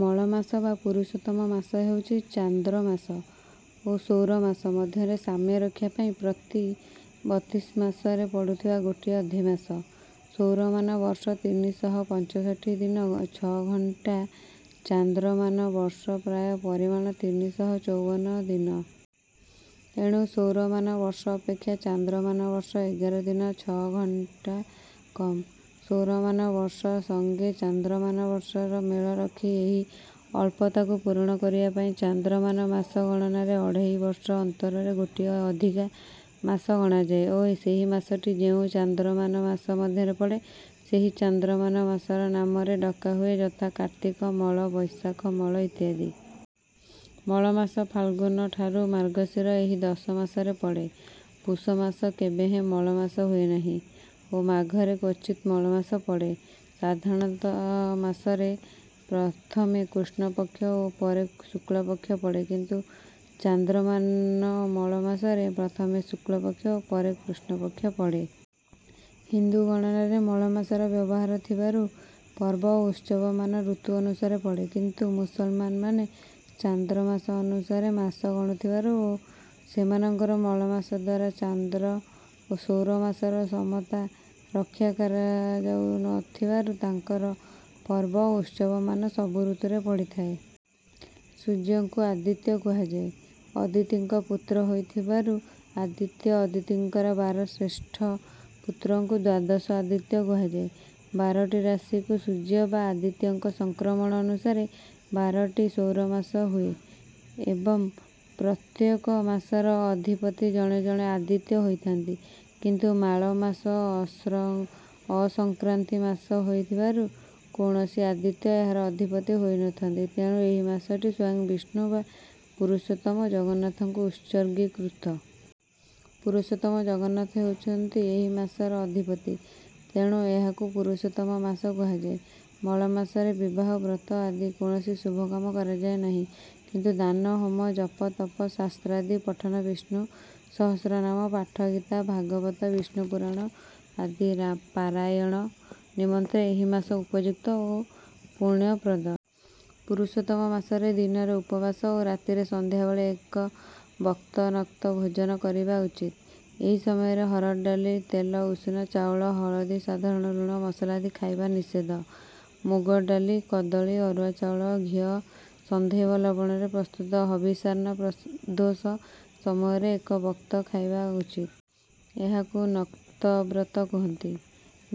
ମଳ ମାସ ବା ପୁରୁଷୋତ୍ତମ ମାସ ହେଉଛି ଚାନ୍ଦ୍ରମାସ ଓ ସୌରମାସ ମଧ୍ୟରେ ସାମ୍ୟ ରକ୍ଷା ପାଇଁ ପ୍ରତି ବତିଶ ମାସରେ ପଡୁଥିବା ଗୋଟିଏ ଅଧିମାସ। ସୌରମାନ ବର୍ଷ ତିନି ଶହ ପଞ୍ଚଷଠି ଦିନ ଛଅ ଘଣ୍ଟା ଚାନ୍ଦ୍ରମାନ ବର୍ଷ ପ୍ରାୟ ପରିମାଣ ତିନି ଶହ ଚଉବନ ଦିନ। ଏଣୁ ସୌରମାନ ବର୍ଷ ଅପେକ୍ଷା ଚାନ୍ଦ୍ରମାନ ବର୍ଷ ଏଗାର ଦିନ ଛଅ ଘଣ୍ଟା କମ। ସୌରମାନ ବର୍ଷ ସଙ୍ଗେ ଚାନ୍ଦ୍ରମାନ ବର୍ଷର ମେଳ ରଖି ଏହି ଅଳ୍ପତାକୁ ପୂରଣ କରିବାପାଇଁ ଚାନ୍ଦ୍ରମାନ ମାସ ଗଣନାରେ ଅଢ଼େଇ ବର୍ଷ ଅନ୍ତରରେ ଗୋଟିଏ ଅଧିକା ମାସ ଗଣାଯାଏ ଓ ସେହି ମାସଟି ଯେଉଁ ଚାନ୍ଦ୍ରମାନ ମାସ ମଧ୍ୟରେ ପଡ଼େ ସେହି ଚାନ୍ଦ୍ରମାନ ମାସର ନାମରେ ଡକାହୁଏ ଯଥା କାର୍ତ୍ତିକମଳ ବୈଶାଖମଳ ଇତ୍ୟାଦି। ମଳମାସ ଫାଲଗୁନଠାରୁ ମାର୍ଗଶୀର ଏହି ଦଶ ମାସରେ ପଡ଼େ। ପୁଷମାସ କେବେହେଁ ମଳମାସ ହୁଏନାହିଁ ଓ ମାଘରେ କ୍ୱଚିତ ମଳମାସ ପଡ଼େ। ସାଧାରଣତ ମାସରେ ପ୍ରଥମେ କୃଷ୍ଣପକ୍ଷ ଓ ପରେ ଶୁକ୍ଳପକ୍ଷ ପଡ଼େ କିନ୍ତୁ ଚାନ୍ଦ୍ରମାନ ମଳ ମାସରେ ପ୍ରଥମେ ଶୁକ୍ଳପକ୍ଷ ଓ ପରେ କୃଷ୍ଣପକ୍ଷ ପଡ଼େ। ହିନ୍ଦୁ ଗଣନାରେ ମଳମାସର ବ୍ୟବହାର ଥିବାରୁ ପର୍ବ ଓ ଉତ୍ସବମାନ ଋତୁ ଅନୁସାରେ ପଡ଼େ କିନ୍ତୁ ମୁସଲମାନମାନେ ଚାନ୍ଦ୍ରମାସ ଅନୁସାରେ ମାସ ଗଣୁଥିବାରୁ ସେମାନଙ୍କର ମଳମାସଦ୍ୱାରା ଚାନ୍ଦ୍ର ଓ ସୌର ମାସର ସମତା ରକ୍ଷା କରାଯାଉ ନ ଥିବାରୁ ତାଙ୍କର ପର୍ବ ଓ ଉତ୍ସବମାନ ସବୁ ଋତୁରେ ପଡ଼ିଥାଏ। ସୂର୍ଯ୍ୟଙ୍କୁ ଆଦିତ୍ୟ କୁହାଯାଏ। ଅଦିତିଙ୍କ ପୂତ୍ର ହୋଇଥିବାରୁ ଆଦିତ୍ୟ ଅଦିତିଙ୍କର ବାର ଶ୍ରେଷ୍ଠ ପୂତ୍ରଙ୍କୁ ଦ୍ୱାଦଶ ଆଦିତ୍ୟ କୁହାଯାଏ। ବାରଟି ରାଶିକୁ ସୂର୍ଯ୍ୟ ବା ଆଦିତ୍ୟଙ୍କ ସଂକ୍ରମଣ ଅନୁସାରେ ବାରଟି ସୌର ମାସ ହୁଏ ଏବଂ ପ୍ରତ୍ୟେକ ମାସର ଅଧିପତି ଜଣେ ଜଣେ ଆଦିତ୍ୟ ହୋଇଥାନ୍ତି କିନ୍ତୁ ମାଳ ମାସ ଅସଂକ୍ରାନ୍ତି ମାସ ହୋଇଥିବାରୁ କୌଣସି ଆଦିତ୍ୟ ଏହାର ଅଧିପତି ହୋଇ ନଥାନ୍ତି ତେଣୁ ଏହି ମାସଟି ସ୍ୱୟଂ ବିଷ୍ଣୁ ବା ପୁରୁଷୋତ୍ତମ ଜଗନ୍ନାଥଙ୍କୁ ଉତ୍ସର୍ଗୀକୃତ। ପୁରୁଷୋତ୍ତମ ଜଗନ୍ନାଥ ହେଉଛନ୍ତି ଏହି ମାସର ଅଧିପତି ତେଣୁ ଏହାକୁ ପୁରୁଷୋତ୍ତମ ମାସ କୁହାଯାଏ। ମଳ ମାସରେ ବିବାହ ବ୍ରତ ଆଦି କୌଣସି ଶୁଭକାମ କରାଯାଏ ନାହିଁ କିନ୍ତୁ ଦାନ ହୋମ ଜପତପ ଶାସ୍ତ୍ରାଦି ପଠନ ବିଷ୍ଣୁ ସହସ୍ରନାମ ପାଠ ଗୀତା ଭାଗବତ ବିଷ୍ଣୁ ପୁରାଣ ଆଦି ରା ପାରାୟଣ ନିମନ୍ତେ ଏହି ମାସ ଉପଯୁକ୍ତ ଓ ପୂଣ୍ୟପ୍ରଦ। ପୁରୁଷୋତ୍ତମ ମାସରେ ଦିନରେ ଉପବାସ ଓ ରାତିରେ ସନ୍ଧ୍ୟାବେଳେ ଏକ ବକ୍ତ ନକ୍ତ ଭୋଜନ କରିବା ଉଚିତ। ଏହି ସମୟରେ ହରଡ଼ ଡାଲି ତେଲ ଉଷୁନା ଚାଉଳ ହଳଦୀ ସାଧାରଣ ଲୁଣ ମସଲା ଆଦି ଖାଇବା ନିଷେଦ୍ଧ। ମୁଗ ଡାଲି କଦଳି ଅରୁଆ ଚାଉଳ ଘିଅ ସନ୍ଧୈବ ଲବଣରେ ପ୍ରସ୍ତୁତ ହବିଷାନ୍ନ ପ୍ରଦୋଷ ସମୟରେ ଏକ ବକ୍ତ ଖାଇବା ଉଚିତ। ଏହାକୁ ନକ୍ତବ୍ରତ କୁହନ୍ତି।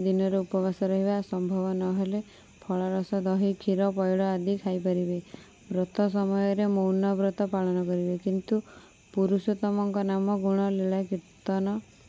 ଦିନରେ ଉପବାସ ରହିବା ସମ୍ଭବ ନହେଲେ ଫଳରସ ଦହି କ୍ଷୀର ପଇଡ଼ ଆଦି ଖାଇ ପାରିବେ। ବ୍ରତ ସମୟରେ ମୌନ ବ୍ରତ ପାଳନ କରିବେ। କିନ୍ତୁ ପୁରୁଷୋତ୍ତମଙ୍କ ନାମ ଗୁଣ ଲୀଳା କୀର୍ତ୍ତନ